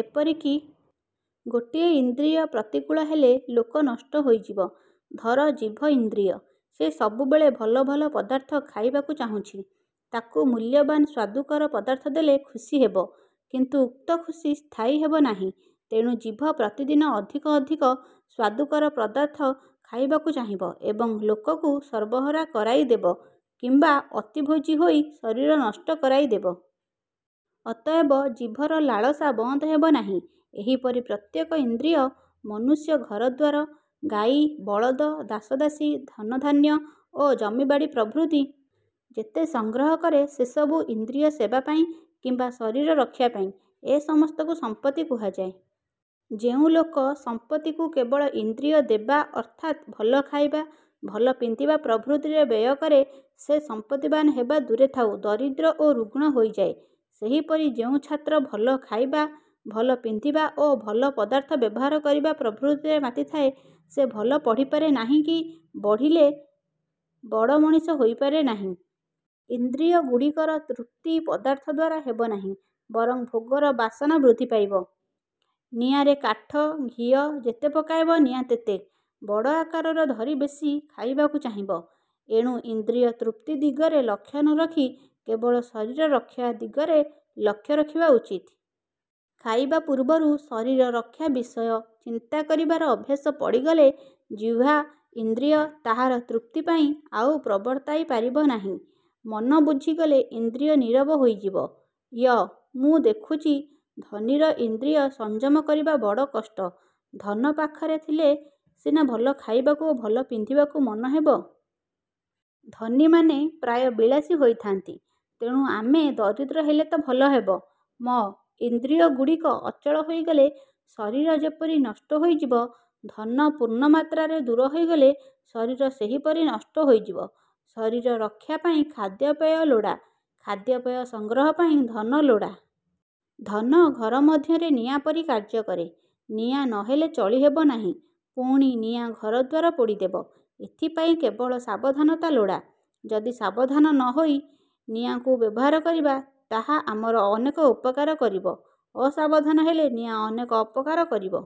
ଏପରିକି ଗୋଟିଏ ଇନ୍ଦ୍ରିୟ ପ୍ରତିକୂଳ ହେଲେ, ଲୋକ ନଷ୍ଟ ହୋଇଯିବ। ଧର, ଜିଭ ଇନ୍ଦ୍ରିୟ। ସେ ସବୁବେଳେ ଭଲ ଭଲ ପଦାର୍ଥ ଖାଇବାକୁ ଚାହୁଁଛି। ତାକୁ ମୂଲ୍ୟବାନ୍ ସ୍ୱାଦୁକର ପଦାର୍ଥ ଦେଲେ ଖୁସି ହେବ କିନ୍ତୁ ଉକ୍ତ ଖୁସି ସ୍ଥାୟୀ ହେବ ନାହିଁ-। ତେଣୁ ଜିଭ ପ୍ରତିଦିନ ଅଧିକ ଅଧିକ ସ୍ଵାଦୁକର ପଦାର୍ଥ ଖାଇବାକୁ ଚାହିଁବ ଏବଂ ଲୋକକୁ ସର୍ବହରା କରାଇଦେବ କିମ୍ବା ଅତିଭୋଜୀ ହୋଇ ଶରୀର ନଷ୍ଟ କରାଇଦେବ। ଅତଏବ ଜିଭର ଲାଳସା ବନ୍ଦ ହେବ ନାହିଁ। ଏହିପରି ପ୍ରତ୍ୟେକ ଇନ୍ଦ୍ରିୟ। ମନୁଷ୍ୟ ଘରଦ୍ଵାର, ଗାଈ, ବଳଦ, ଦାସ ଦାସୀ, ଧନ ଧାନ୍ୟ ଓ ଜମିବାଡ଼ି ପ୍ରଭୃତି ଯେତେ ସଂଗ୍ରହ କରେ ସେସବୁ ଇନ୍ଦ୍ରିୟ ସେବା ପାଇଁ କିମ୍ବା ଶରୀର ରକ୍ଷା ପାଇଁ। ଏ ସମସ୍ତକୁ ସମ୍ପତ୍ତି କୁହାଯାଏ। ଯେଉଁ ଲୋକ ସମ୍ପତ୍ତିକୁ କେବଳ ଇନ୍ଦ୍ରିୟ ଦେବା ଅର୍ଥାତ୍ ଭଲ ଖାଇବା, ଭଲ ପିନ୍ଧିବା ପ୍ରଭୃତିରେ ବ୍ୟୟ କରେ ସେ ସମ୍ପତ୍ତିବାନ୍ ହେବା ଦୂରେ ଥାଉ ଦରିଦ୍ର ଓ ରୁଗ୍ଣ ହୋଇଯାଏ-। ସେହିପରି ଯେଉଁ ଛାତ୍ର ଭଲ ଖାଇବା, ଭଲ ପିନ୍ଧିବା ଓ ଭଲ ପଦାର୍ଥ ବ୍ୟବହାର କରିବା ପ୍ରଭୃତିରେ ମାତିଥାଏ; ସେ ଭଲ ପଢ଼ିପାରେ ନାହିଁ କି ବଢ଼ିଲେ ବଡ଼ ମଣିଷ ହୋଇପାରେ ନାହିଁ-। ଇନ୍ଦ୍ରିୟଗୁଡ଼ିକର ତୃପ୍ତି ପଦାର୍ଥ ଦ୍ଵାରା ହେବ ନାହିଁ, ବରଂ ଭୋଗର ବାସନା ବୃଦ୍ଧି ପାଇବ-। ନିଆଁରେ କାଠ, ଘିଅ ଯେତେ ପକାଇବ ନିଆଁ ତେତେ। ବଡ଼ ଆକାରର ଧରି ବେଶୀ ଖାଇବାକୁ ଚାହିଁବ। ଏଣୁ ଇନ୍ଦ୍ରିୟ ତୃପ୍ତି ଦିଗରେ ଲକ୍ଷ୍ୟ ନ ରଖି କେବଳ ଶରୀର ରକ୍ଷା ଦିଗରେ ଲକ୍ଷ୍ୟ ରଖିବା ଉଚିତ। ଖାଇବା ପୂର୍ବରୁ ଶରୀର ରକ୍ଷା ବିଷୟ ଚିନ୍ତା କରିବାର ଅଭ୍ୟାସ ପଡ଼ିଗଲେ ଜିହ୍ଵା ଇନ୍ଦ୍ରିୟ ତାହାର ତୃପ୍ତି ପାଇଁ ଆଉ ପ୍ରବର୍ତ୍ତାଇ ପାରିବ ନାହିଁ। ମନ ବୁଝିଗଲେ ଇନ୍ଦ୍ରିୟ ନୀରବ ହୋଇଯିବ-। ୟ-ମୁଁ ଦେଖୁଛି, ଧନୀର ଇନ୍ଦ୍ରିୟ ସଂଯମ କରିବା ବଡ଼ କଷ୍ଟ। ଧନ ପାଖରେ ଥିଲେ ସିନା ଭଲ ଖାଇବାକୁ ଓ ଭଲ ପିନ୍ଧିବାକୁ ମନ ହେବ। ଧନୀମାନେ ପ୍ରାୟ ବିଳାସୀ ହୋଇଥାନ୍ତି। ତେଣୁ ଆମେ ଦରିଦ୍ର ହେଲେ ତ ଭଲ ହେବ? ମ-ଇନ୍ଦ୍ରିୟଗୁଡ଼ିକ ଅଚଳ ହୋଇଗଲେ ଶରୀର ଯେପରି ନଷ୍ଟ ହୋଇଯିବ, ଧନ ପୂର୍ଣ୍ଣ ମାତ୍ରାରେ ଦୂର ହୋଇଗଲେ ଶରୀର ସେହିପରି ନଷ୍ଟ ହୋଇଯିବ। ଶରୀର ରକ୍ଷା ପାଇଁ ଖାଦ୍ୟପେୟ ଲୋଡ଼ା, ଖାଦ୍ୟପେୟ ସଂଗ୍ରହ ପାଇଁ ଧନ ଲୋଡ଼ା। ଧନ ଘର ମଧ୍ୟରେ ନିଆଁ ପରି କାର୍ଯ୍ୟ କରେ। ନିଆଁ ନ ହେଲେ ଚଳିହେବ ନାହିଁ, ପୁଣି ନିଆଁ ଘରଦ୍ଵାର ପୋଡ଼ିଦେବ। ଏଥିପାଇଁ କେବଳ ସାବଧାନତା ଲୋଡ଼ା। ଯଦି ସାବଧାନ ହୋଇ ନିଆଁକୁ ବ୍ୟବହାର କରିବା, ତାହା ଆମର ଅନେକ ଉପକାର କରିବ। ଅସାବଧାନ ହେଲେ ନିଆଁ ଅନେକ ଅପକାର କରିବ।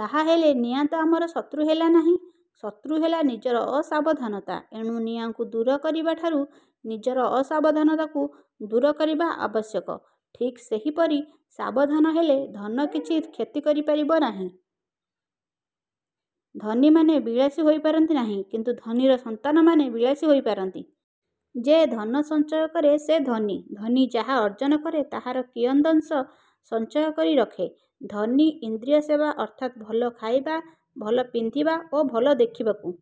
ତାହାହେଲେ ନିଆଁତ ଆମର ଶତ୍ରୁ ହେଲା ନାହିଁ, ଶତ୍ରୁ ହେଲା ନିଜର ଅସାବଧାନତା। ଏଣୁ ନିଆଁକୁ ଦୂର କରିବା ଠାରୁ ନିଜର ଅସାବଧାନତାକୁ ଦୂର କରିବା ଆବଶ୍ୟକ। ଠିକ୍ ସେହିପରି ସାବଧାନ ହେଲେ ଧନ କିଛି କ୍ଷତି କରିପାରିବ ନାହିଁ। ଧନୀମାନେ ବିଳାସୀ ହୋଇପାରନ୍ତି ନାହିଁ କିନ୍ତୁ ଧନୀର ସନ୍ତାନମାନେ ବିଳାସୀ ହୋଇପାରନ୍ତି। ଯେ ଧନ ସଞ୍ଚୟ କରେ ସେ ଧନୀ। ଧନୀ ଯାହା ଅର୍ଜନ କରେ ତାହାର କିୟଦଂଶ ସଞ୍ଚୟ କରି ରଖେ। ଧନୀ ଇନ୍ଦ୍ରିୟ ସେବା ଅର୍ଥାତ୍ ଭଲ ଖାଇବା, ଭଲ ପିନ୍ଧିବା ଓ ଭଲ ଦେଖିବାକୁ